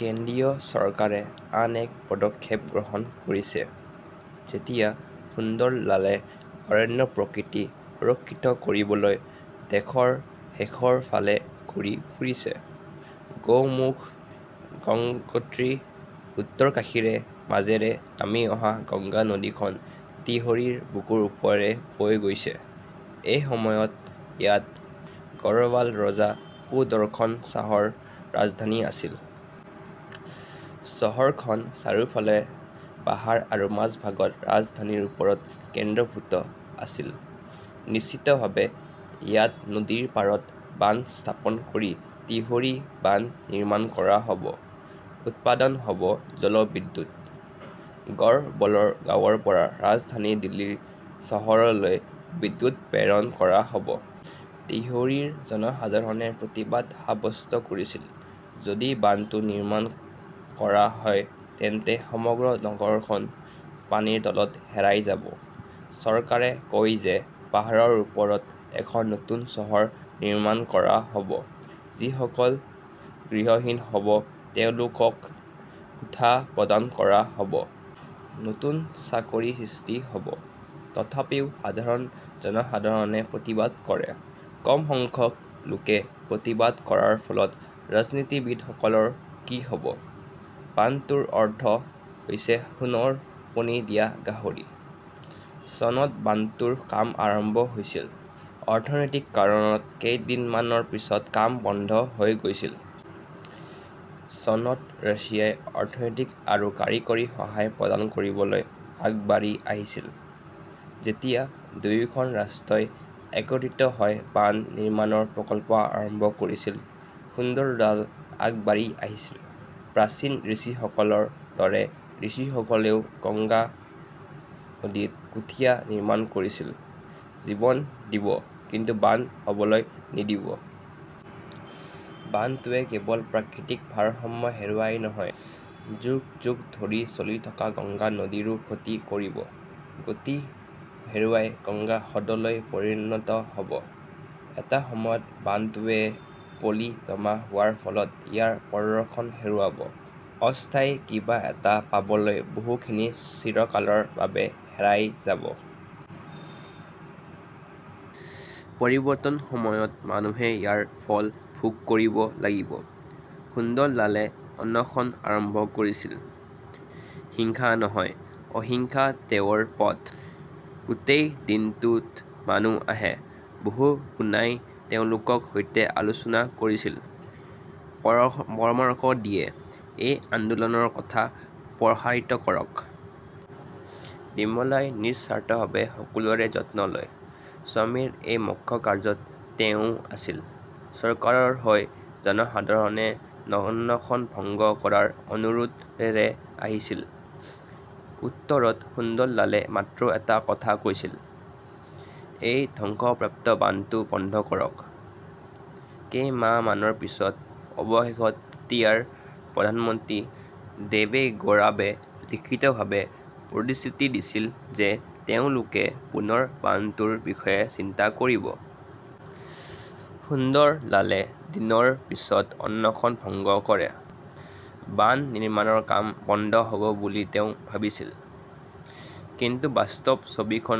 কেন্দ্ৰীয় চৰকাৰে আন এক পদক্ষেপ গ্ৰহণ কৰিছে যেতিয়া সুন্দৰলালে অৰণ্য-প্ৰকৃতি সুৰক্ষিত কৰিবলৈ দেশৰ শেষৰ ফালে ঘূৰি ফুৰিছে। গোমুখ, গংগোত্ৰী, উত্তৰকাশীৰ মাজেৰে নামি অহা গংগা নদীখন তেহৰিৰ বুকুৰ ওপৰেৰে বৈ গৈছে। এসময়ত ইয়াত গড়ৱাল ৰজা সুদৰ্শন শ্বাহৰ ৰাজধানী আছিল। চহৰখন চাৰিওফালে পাহাৰ আৰু মাজভাগত ৰাজধানীৰ ওপৰত কেন্দ্ৰীভূত আছিল। নিশ্চিতভাৱে, ইয়াত নদীৰ পাৰত বান্ধ স্থাপন কৰি তেহৰী বান্ধ নিৰ্মাণ কৰা হ'ব। উৎপাদন হ'ব জলবিদ্যুৎ। গড়বলৰ গাঁৱৰ পৰা ৰাজধানী দিল্লীৰ চহৰলৈ বিদ্যুৎ প্ৰেৰণ কৰা হ'ব। তেহৰীৰ জনসাধাৰণে প্ৰতিবাদ সাব্যস্ত কৰিছিল। যদি বান্ধটো নিৰ্মাণ কৰা হয়, তেন্তে সমগ্ৰ নগৰখন পানীৰ তলত হেৰাই যাব। চৰকাৰে কয় যে পাহাৰৰ ওপৰত এখন নতুন চহৰ নিৰ্মাণ কৰা হ'ব। যিসকল গৃহহীন হ'ব তেওঁলোকক কোঠা প্ৰদান কৰা হ'ব। নতুন চাকৰি সৃষ্টি হ'ব। তথাপিও সাধাৰণ জনসাধাৰণে প্ৰতিবাদ কৰে। কম সংখ্যক লোকে প্ৰতিবাদ কৰাৰ ফলত ৰাজনীতিবিদসকলৰ কি হ'ব? বান্ধটোৰ অৰ্থ হৈছে সোণৰ কণী দিয়া গাহৰি। চনত বান্ধটোৰ কাম আৰম্ভ হৈছিল। অৰ্থনৈতিক কাৰণত কেইদিনমানৰ পিছত কাম বন্ধ হৈ গৈছিল। চনত ৰাছিয়াই অৰ্থনৈতিক আৰু কাৰিকৰী সহায় প্ৰদান কৰিবলৈ আগবাঢ়ি আহিছিল। যেতিয়া দুয়োখন ৰাষ্ট্ৰই একত্ৰিত হৈ বান্ধ নিৰ্মাণৰ প্ৰকল্প আৰম্ভ কৰিছিল, সুন্দৰলাল আগবাঢ়ি আহিছিল। প্ৰাচীন ঋষিসকলৰ দৰে ঋষিসকলেও গংগা নদীত কুথীয়া নিৰ্মাণ কৰিছিল। জীৱন দিব, কিন্তু বান্ধ হ'বলৈ নিদিব। বান্ধটোৱে কেৱল প্ৰাকৃতিক ভাৰসাম্য হেৰুৱাই নহয়, যুগ - যুগ ধৰি চলি থকা গংগা নদীৰো ক্ষতি কৰিব। গতি হেৰুৱাই গঙ্গা হ্ৰদলৈ পৰিণত হ'ব। এটা সময়ত বান্ধটোৱে পলি জমা হোৱাৰ ফলত ইয়াৰ প্ৰদৰ্শন হেৰুৱাব। অস্থায়ী কিবা এটা পাবলৈ বহুখিনি চিৰকালৰ বাবে হেৰাই যাব। পৰিবৰ্তন সময়ত মানুহে ইয়াৰ ফল ভোগ কৰিব লাগিব। সুন্দৰলালে অনশন আৰম্ভ কৰিছিল। হিংসা নহয়। অহিংসা তেওঁৰ পথ। গোটেই দিনটত মানুহ আহে। বহুগুনাই তেওঁলোকৰ সৈতে আলোচনা কৰিছিল। পৰা পৰামৰ্শ দিয়ে, এই আন্দোলনৰ কথা প্ৰসাৰিত কৰক। বিমলাই নিস্বাৰ্থভাৱে সকলোৰে যত্ন লয়। স্বামীৰ এই মক্ষ কাৰ্য্যত তেওঁও আছিল। চৰকাৰৰ হৈ জনসাধাৰণে নঅনশন ভংগ কৰাৰ অনুৰোধৰে আহিছিল। উত্তৰত সুন্দৰলালে মাত্ৰ এটা কথা কৈছিল, এই ধ্বংসপ্ৰাপ্ত বান্ধটো বন্ধ কৰক। ""কেইমাহমানৰ পিছত অৱশেষত তেতিয়াৰ প্ৰধানমন্ত্ৰী দেৱেগৌড়াৱে লিখিতভাৱে প্ৰতিশ্ৰুতি দিছিল যে তেওঁলোকে পুনৰ বান্ধটোৰ বিষয়ে চিন্তা কৰিব। সুন্দৰলালে দিনৰ পিছত অনশন ভংগ কৰে। বান্ধ নিৰ্মাণৰ কাম বন্ধ হ ""ব বুলি তেওঁ ভাবিছিল, কিন্তু বাস্তৱ ছবিখন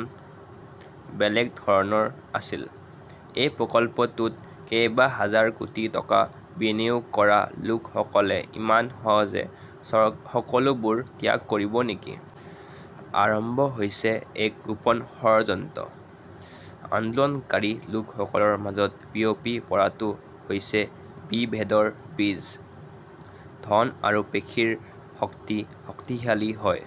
বেলেগ ধৰণৰ আছিল। এই প্ৰকল্পটোত কেইবাহাজাৰ কোটি টকা বিনিয়োগ কৰা লোকসকলে ইমান সহজে ছৰ সকলোবোৰ ত্যাগ কৰিব নেকি? আৰম্ভ হৈছে এক গোপন ষড়যন্ত্ৰ। আন্দোলনকাৰী লোকসকলৰ মাজত বিয়পি পৰাটো হৈছে বিভেদৰ বীজ। ধন আৰু পেশীৰ শক্তি শক্তিশালী হৈ"